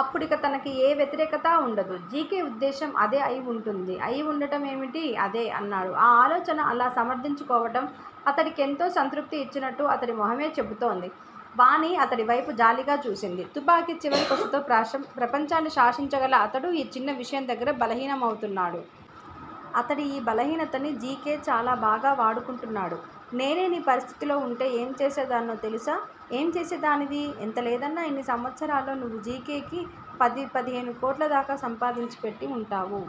అప్పుడిక తనకి ఏ వ్యతిరేకతా వుండదు. జి. కె. వుద్దేశ్యం అదే అయి వుంటుంది. 'అయివుండటం' ఏమిటి? అదే అన్నాడు. ఆ ఆలోచన, అలా సమర్ధించుకోవడం అతడికెంతో సంతృప్తి ఇచ్చినట్టు అతడి మొహమే చెపుతోంది. వాణి అతడి వైపు జాలిగా చూసింది. తుపాకి చివరి కొసతో ప్రశమ్ ప్రపంచాన్ని శాసించగల 'అతడు' ఈ చిన్న విషయం దగ్గర బలహీనమవుతున్నాడు. అతడి ఈ బలహీనతని జి. కే. చాలా బాగా వాడుకుంటున్నాడు. నేనే నీ పరిస్థితిలో వుంటే ఏం చేసే దాన్నో తెలుసా? ఏం చేసే దానివి? ఎంత లేదన్నా ఇన్ని సంవత్సరాల్లో నువ్వు జి. కే. కి పది పదిహేను కోట్ల దాకా సంపాదించి పెట్టి వుంటావు.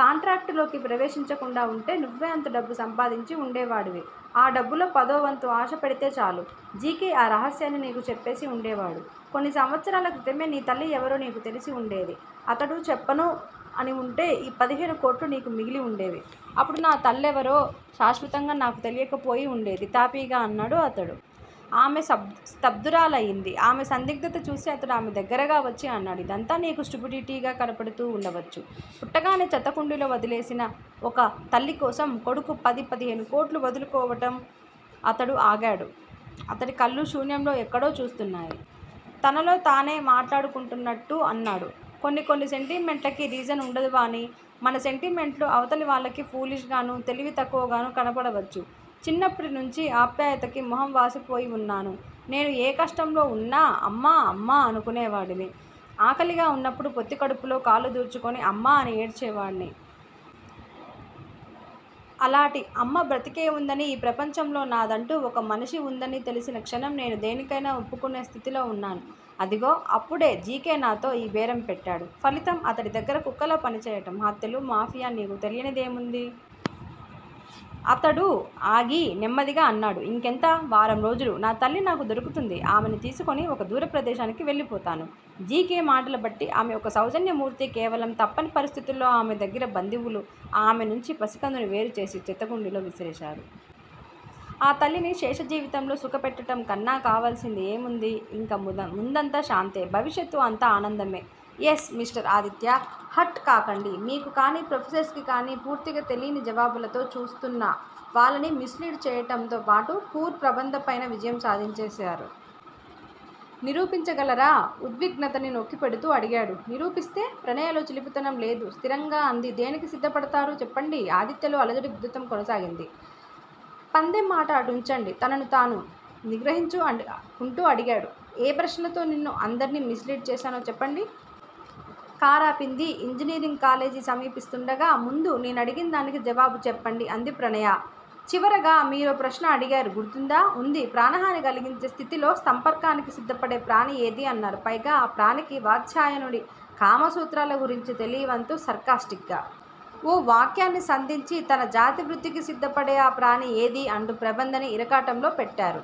కాంట్రాక్టులోకి ప్రవేశించకుండా వుంటే, నువ్వే అంత డబ్బూ సంపాదించి వుండేవాడివి. ఆ డబ్బులో పదోవంతు ఆశ పెడితే చాలు- జి. కే. ఆ రహస్యాన్ని నీకు చెప్పేసి వుండేవాడు. కొన్ని సంవత్సరాల క్రితమే నీ తల్లి ఎవరో నీకు తెలిసివుండేది అతడు చెప్పనూ అని వుంటే ఈ పదిహేను కోట్లూ నీకు మిగిలి వుండేవి అప్పుడు నా తల్లెవరో శాశ్వతంగా నాకు తెలియకపోయి వుండేది తాపీగా అన్నాడు అతడు. ఆమె స్థబ్ స్థబ్దురాలయింది. ఆమె సందిగ్దత చూసి అతడు ఆమె దగ్గరగా వచ్చి అన్నాడు. ఇదంతా నీకు స్టుపిడిటీగా కనపడుతూ వుండవచ్చు. పుట్టగానే చెత్తకుండీలో వదిలేసిన ఒక తల్లి కోసం కొడుకు పది, పదిహేను కోట్లు వదులుకోవటం అతడు ఆగాడు. అతడి కళ్ళు శూన్యంలో ఎక్కడో చూస్తున్నాయి. తనలో తనే మాట్లాడుకుంటున్నట్టూ అన్నాడు. కొన్ని కొన్ని సెంటిమెంట్లకి రీజన్ వుండదు వాణీ! మన సెంటిమెంట్లు అవతలి వాళ్ళకి ఫూలిష్ గానూ, తెలివి తక్కువగానూ కనపడవచ్చు. చిన్నప్పటి నుంచీ ఆప్యాయతకి మొహం వాసిపోయివున్నాను. నేను ఏ కష్టంలో వున్నా 'అమ్మా- అమ్మా' అనుకునే వాడిని. ఆకలిగా వున్నప్పుడు పొత్తికడుపులో కాళ్ళు దూర్చుకుని 'అమ్మా' అని ఏడ్చే వాడ్ని. అలాటి 'అమ్మ' బ్రతికేవుందనీ ఈ ప్రపంచంలో నాదంటూ ఒక మనిషి వుందనీ తెలిసిన క్షణం నేను దేనికైనా ఒప్పుకునే స్థితిలో వున్నాను. అదిగో అప్పుడే జి. కే. నాతో ఈ బేరం పెట్టాడు. ఫలితం అతడి దగ్గర కుక్కలా పని చేయటం- హత్యలు, మాఫియా నీకు తెలియనిదేముంది? అతడు ఆగి, నెమ్మదిగా అన్నాడు. ఇంకెంత? వారం రోజులు నా తల్లి నాకు దొరుకుతుంది. ఆమెని తీసుకుని ఒక దూర ప్రదేశానికి వెళ్లి పోతాను. జి. కే. మాటలబట్టి ఆమె ఒక సౌజన్య మూర్తి కేవలం తప్పని పరిస్థితుల్లో ఆమె దగ్గిర బంధువులు ఆమె నుంచి పసికందుని వేరు చేసి చెత్తకుండీలో విసిరేశారు. ఆ తల్లిని శేష జీవితంలో సుఖపెట్టటంకన్నా కావల్సింది ఏముంది? ఇంకా ముద ముందంతా శాంతే. భవిష్యత్తు అంతా ఆనందమే. Yes mister Aditya! హర్ట్ కాకండి. మీకు కాని, ప్రొఫెసర్స్ కి కాని పూర్తిగా తెలీని జవాబులతో చూస్తున్న వాళ్ళని మిస్ లీడ్ చేయటంతో పాటు పూర్ ప్రబంధపైన విజయం సాధించేశారు. నిరూపించగలరా? ఉద్విగ్నతని నొక్కిపెడుతూ అడిగాడు. నిరూపిస్తే? ప్రణయలో చిలిపితనం లేదు. స్థిరంగా అంది- దేనికి సిద్ద పడతారు? చెప్పండి. ఆదిత్యలో అలజడి ఉధృతం కొనసాగింది. పందెం మాట అటుంచండి తనను తాను నిగ్రహించు అంట్ కుంటూ అడిగాడు. ఏ ప్రశ్నతో నిన్ను అందర్నీ మిస్ లీడ్ చేశానో చెప్పండి. కారాపింది ఇంజనీరింగ్ కాలేజీ సమీపిస్తుండగా ముందు నేనడిగిందానికి జవాబు చెప్పండి అంది ప్రణయ. చివరగా మీరో ప్రశ్న అడిగారు గుర్తుందా? ఉంది. ప్రాణహాని కలిగించే స్థితిలో సంపర్కానికి సిద్దపడే ప్రాణి ఏదీ అన్నారు పైగా ఆ ప్రాణికి వాత్స్యాయనుడి కామసూత్రాల గురించి తెలీవంతూ సర్కాస్టిక్ గా ఓ వాక్యాన్ని సంధించి తన జాతి వృద్దికి సిద్ద పడే ఆ ప్రాణి ఏదీ అంటూ ప్రబంధని ఇరకాటంలో పెట్టారు